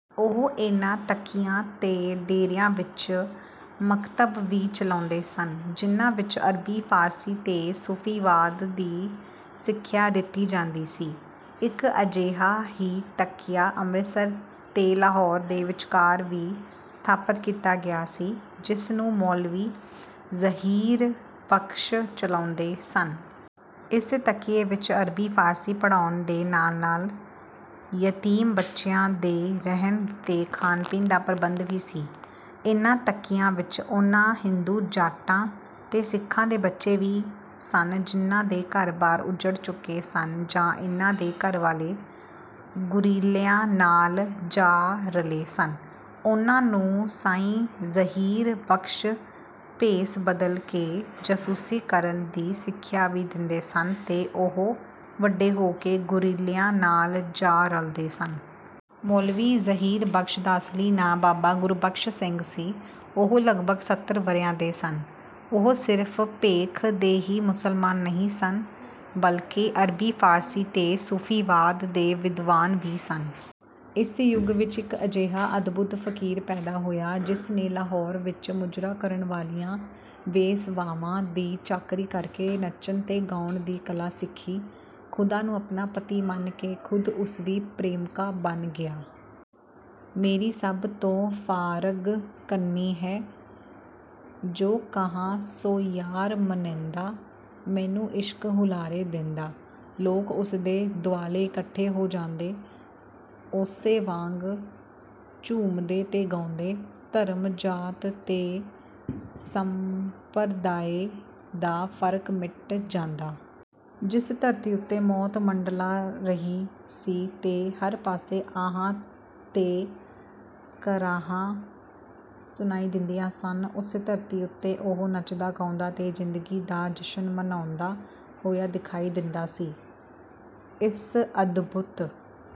ਉਹ ਇਹਨਾਂ ਤਕੀਆਂ ਤੇ ਡੇਰਿਆਂ ਵਿੱਚ ਮਕਤਬ ਵੀ ਚਲਾਉਂਦੇ ਸਨ, ਜਿਹਨਾਂ ਵਿੱਚ ਅਰਬੀ, ਫਾਰਸੀ ਤੇ ਸੂਫੀਵਾਦ ਦੀ ਸਿੱਖਿਆ ਦਿੱਤੀ ਜਾਂਦੀ ਸੀ। ਇੱਕ ਅਜਿਹਾ ਹੀ ਤਕੀਆ ਅੰਮ੍ਰਿਤਸਰ ਤੇ ਲਾਹੌਰ ਦੇ ਵਿਚਕਾਰ ਵੀ ਸਥਾਪਤ ਕੀਤਾ ਗਿਆ ਸੀ, ਜਿਸ ਨੂੰ ਮੌਲਵੀ ਜ਼ਹੀਰ ਬਖ਼ਸ਼ ਚਲਾਉਂਦੇ ਸਨ। ਇਸ ਤਕੀਏ ਵਿੱਚ ਅਰਬੀ, ਫਾਰਸੀ ਪੜ੍ਹਾਉਣ ਦੇ ਨਾਲ-ਨਾਲ ਯਤੀਮ ਬੱਚਿਆਂ ਦੇ ਰਹਿਣ ਤੇ ਖਾਣ-ਪੀਣ ਦਾ ਪ੍ਰਬੰਧ ਵੀ ਸੀ। ਇਹਨਾਂ ਤਕੀਆਂ ਵਿੱਚ ਉਹਨਾਂ ਹਿੰਦੂ-ਜਾਟਾਂ ਤੇ ਸਿੱਖਾਂ ਦੇ ਬੱਚੇ ਵੀ ਸਨ ਜਿਹਨਾਂ ਦੇ ਘਰ-ਬਾਰ ਉੱਜੜ ਚੁੱਕੇ ਸਨ ਜਾਂ ਜਿਹਨਾਂ ਦੇ ਘਰਵਾਲੇ ਗੁਰੀਲਿਆਂ ਨਾਲ ਜਾ ਰਲੇ ਸਨ, ਉਹਨਾਂ ਨੂੰ ਸਾਈਂ ਜ਼ਹੀਰ ਬਖ਼ਸ਼ ਭੇਸ ਬਦਲ ਕੇ ਜਾਸੂਸੀ ਕਰਨ ਦੀ ਸਿੱਖਿਆ ਵੀ ਦਿੰਦੇ ਸਨ ਤੇ ਉਹ ਵੱਡੇ ਹੋ ਕੇ ਗੁਰੀਲਿਆਂ ਨਾਲ ਜਾ ਰਲਦੇ ਸਨ। ਮੌਲਵੀ ਜ਼ਹੀਰ ਬਖ਼ਸ਼ ਦਾ ਅਸਲੀ ਨਾਂ ਬਾਬਾ ਗੁਰਬਖ਼ਸ਼ ਸਿੰਘ ਸੀ। ਉਹ ਲਗਭਗ ਸੱਤਰ ਵਰ੍ਹਿਆਂ ਦੇ ਸਨ। ਉਹ ਸਿਰਫ਼ ਭੇਖ ਦੇ ਹੀ ਮੁਸਲਮਾਨ ਨਹੀਂ ਸਨ, ਬਲਕਿ ਅਰਬੀ, ਫਾਰਸੀ ਤੇ ਸੂਫੀਵਾਦ ਦੇ ਵਿਦਵਾਨ ਵੀ ਸਨ। ਇਸ ਯੁੱਗ ਵਿੱਚ ਇੱਕ ਅਜਿਹਾ ਅਦਭੁਤ ਫਕੀਰ ਪੈਦਾ ਹੋਇਆ, ਜਿਸ ਨੇ ਲਾਹੌਰ ਵਿੱਚ ਮੁਜਰਾ ਕਰਨ ਵਾਲੀਆਂ ਵੇਸਵਾਵਾਂ ਦੀ ਚਾਕਰੀ ਕਰਕੇ ਨੱਚਣ ਤੇ ਗਾਉਣ ਦੀ ਕਲਾ ਸਿੱਖੀ। ਖ਼ੁਦਾ ਨੂੰ ਆਪਣਾ ਪਤੀ ਮੰਨ ਕੇ ਖ਼ੁਦ ਉਸਦੀ ਪ੍ਰੇਮਕਾ ਬਣ ਗਿਆ। ਮੇਰੀ ਸਭ ਤੋਂ ਫਾਰਗ ਕੰਨੀਂ ਹੈ, ਜੋ ਕਹਾਂ ਸੋ ਯਾਰ ਮਨੇਂਦਾ ਮੈਨੂੰ ਇਸ਼ਕ ਹੁਲਾਰੇ ਦੇਂਦਾ।' ਲੋਕ ਉਸਦੇ ਦੁਆਲੇ ਇਕੱਠੇ ਹੋ ਜਾਂਦੇ। ਉਸੇ ਵਾਂਗ ਝੂੰਮਦੇ ਤੇ ਗਾਉਂਦੇ। ਧਰਮ, ਜਾਤ ਤੇ ਸੰਪਰਦਾਏ ਦਾ ਫਰਕ ਮਿਟ ਜਾਂਦਾ। ਜਿਸ ਧਰਤੀ ਉੱਤੇ ਮੌਤ ਮੰਡਲਾ ਰਹੀ ਸੀ ਤੇ ਹਰ ਪਾਸੇ ਆਹਾਂ ਤੇ ਕਰਾਹਾਂ ਸੁਣਾਈ ਦਿੰਦੀਆਂ ਸਨ, ਉਸ ਧਰਤੀ ਉੱਤੇ ਉਹ ਨੱਚਦਾ ਗਾਉਂਦਾ ਤੇ ਜ਼ਿੰਦਗੀ ਦਾ ਜਸ਼ਨ ਮਨਾਉਂਦਾ ਹੋਇਆ ਦਿਖਾਈ ਦਿੰਦਾ ਸੀ। ਇਸ ਅਦਭੁਤ